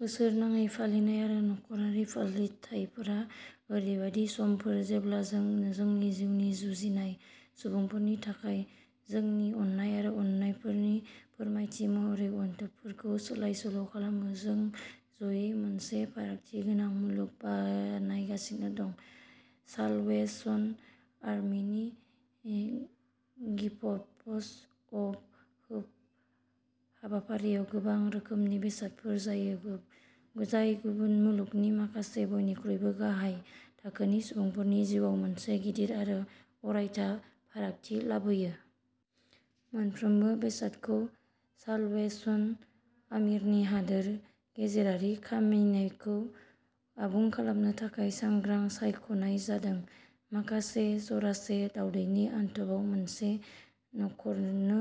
बोसोरनाङै फालिजानाय आरो नखरारि फालिथायफोरा ओरैबायदि समफोर जेब्ला जों जोंनि जिउनि जुनिया सुबुंफोरनि थाखाय जोंनि अननाय आरो अननायनि फोरमायथि महरै अनथोबफोरखौ सोलाय-सोल' खालामो। जों जयै मोनसे फारागथि गोनां मुलुग बानायगासिनो दं। साल्वेसन आर्मीनि गिफ्ट्स अफ होप हाबाफारिया गोबां रोखोमनि बेसादफोर जासियो जाय मुलुगनि माखासे बयनिख्रुइबो गाहाय थाखोनि सुबुंफोरनि जिउआव मोनसे गिदिर आरो अरायथा फारागथि लाबोयो। मोनफ्रोमबो बेसादखौ साल्वेसन आर्मीनि हादोर गेजेरारि खामानिखौ आबुं खालामनो थाखाय सांग्राङै सायख'नाय जादों। मासे जरासे दावदैनि अनथोबआ मोनसे नखरनो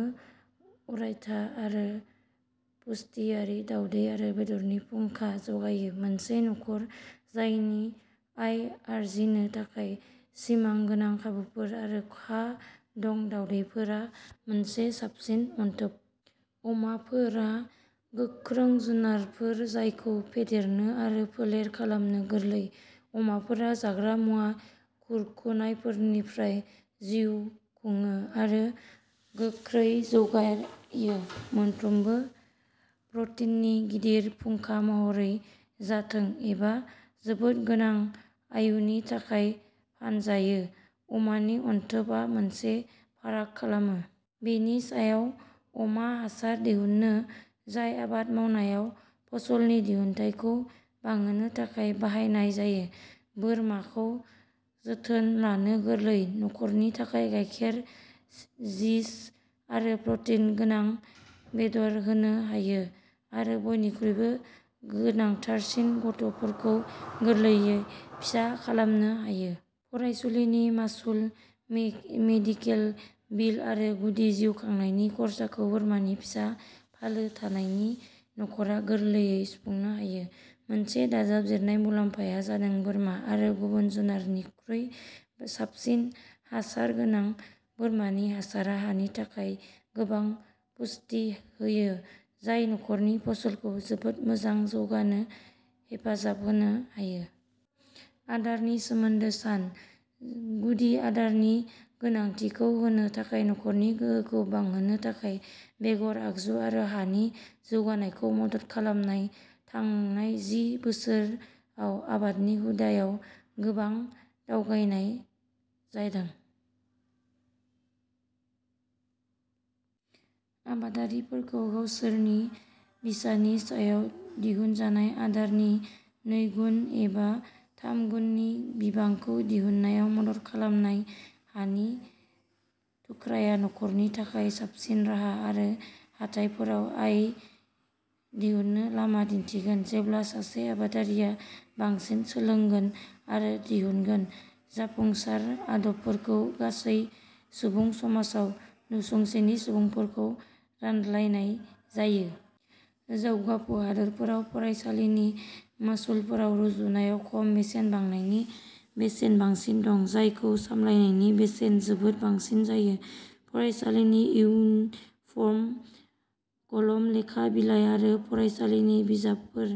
अरायथा आय, पुष्टियारि दावदै आरो बेदरनि फुंखा जगायो। मोनसे नखर जायनि आय आर्जिनो थाखाय सिमा गोनां खाबुफोर आरो हा दं, दावदैफोरा मोनसे साबसिन अनथोब। अमाफोरा गोख्रों जुनारफोर जायखौ फेदेरनो आरो फोलेर खालामनो गोरलै। अमाफोरा जाग्रा मुवा खुरख'नायफोरनिफ्राय जिउ खुङो आरो गोख्रै जौगायो। मोनसे प्रटिननि गिदिर फुंखा महरै जाथों एबा जोबोद गोनां आयनि थाखाय फानजायो, अमा नि अनथोब आ मोनसे फाराग खालामो। बेनि सायाव अमा हासार दिहुनो, जाय आबाद मावनायाव फसल नि दिहुनथाइ खौ बांहोनो थाखाय बाहायनाय जायो। बोरमा खौ जोथोन लानो गोरलै, नखरनि थाखाय गायखेर, चीज आरो प्रटिन गोनां बेदर होनो हायो, आरो बयनिख्रुइबो गोनांथारसिनै गथ'साफोरखौ गोरलैयै फिसा खालामनो हायो। फरायसालि नि मासुल, मि-मेडिकेल बिल आरो गुदि जिउ खांनायनि खर्साखौ बोरमा नि फिसा फालो थानाय नखर आ गोरलैयै सुफुंनो हायो। मोनसे दाजाबदेरनाय मुलाम्फाया जादों बोरमा आ गुबुन जुनार निख्रुइ साबसिन हासार होयो। बोरमा नि हासारा हानि थाखाय गोबां पुष्टि होयो, जाय नखर नि फसल खौ जोबोद मोजां जौगानो हेफाजाब होनो हायो। आदार नि सोमोन्दै सान। गुदि आदार नि गोनांथि खौ होनो थाखाय नखर नि गोहोखौ बांहोनो थाखाय बेगर, आगजु आरो हा नि जौगानाय खौ मदद खालाम। थांनाय जि बोसोर आव आबाद नि हुदा आव गोबां दावगानाय जादों। आबादारिफोरखौ गावसोरनि फिसा नि सायाव दिहुनजानाय आदार नि नैगुन एबा थाम गुन नि बिबां खौ दिहुन्नायाव मदद खालामनाय। हानि थुख्राआ नखरनि थाखाय साबसिन राहा आरो हाथाइफोराव आय दिहुन्नो लामा दिन्थिगोन। जेब्ला सासे आबादारिया बांसिन सोलोंगोन आरो दिहुनगोन जाफुंसार आदबफोरखौ गासै सुबुं समाजाव नसुंसेनि सुबुंफोरजों रानलायनाय जायो। जौगाफु हादोरफोराव फरायसालिनि मासुलफोरा रुजुनायाव खम, बेसेन बांनायनि बेसेना बांगासिनो दं, जायजों सामलायनायनि बेसेना जोबोद बांसिन जायो। फरायसालिनि इउनिफर्म, कलम, लेखा बिलाइ आरो फरायसालिनि बिजाबफोर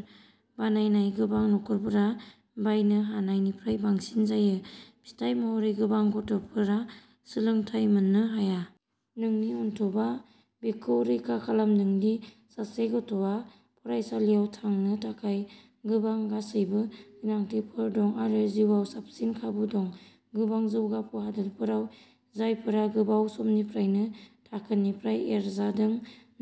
बायनाया गोबां नखरफोरा बायनो हानायनिफ्राय बांसिन जायो। फिथाय महरै, गोबां गथ'फोरा सोलोंथाय मोननो हाया। नोंनि अनथोबआ बेखौ रोखा खालामगोन दि सासे गथ'आ फरायसालियाव थांनो थाखाय गोबां गासैबो गोनांथिफोर दं आरो जिउआव साबसिन खाबु दं। गोबां जौगाफु हादोरफोराव आयजोफोरा गोबाव समनिफ्रायनो थाखोनिफ्राय एंगारजादों।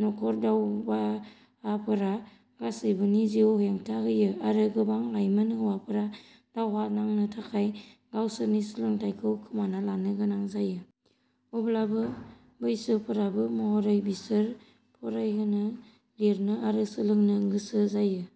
नखर दावहाफोरा गासैबोनि जिउखौ हेंथा होयो, आरो गोबां लाइमोन हौवाफोरा दावहा नांनो थाखाय गावसोरनि सोलोंथायखौ खोमाना लानो गोनां जायो। अब्लाबो, बैसोगोराफोर महरैबो बिसोर फरायनो, लिरनो आरो सोलोंनो गोसो जायो।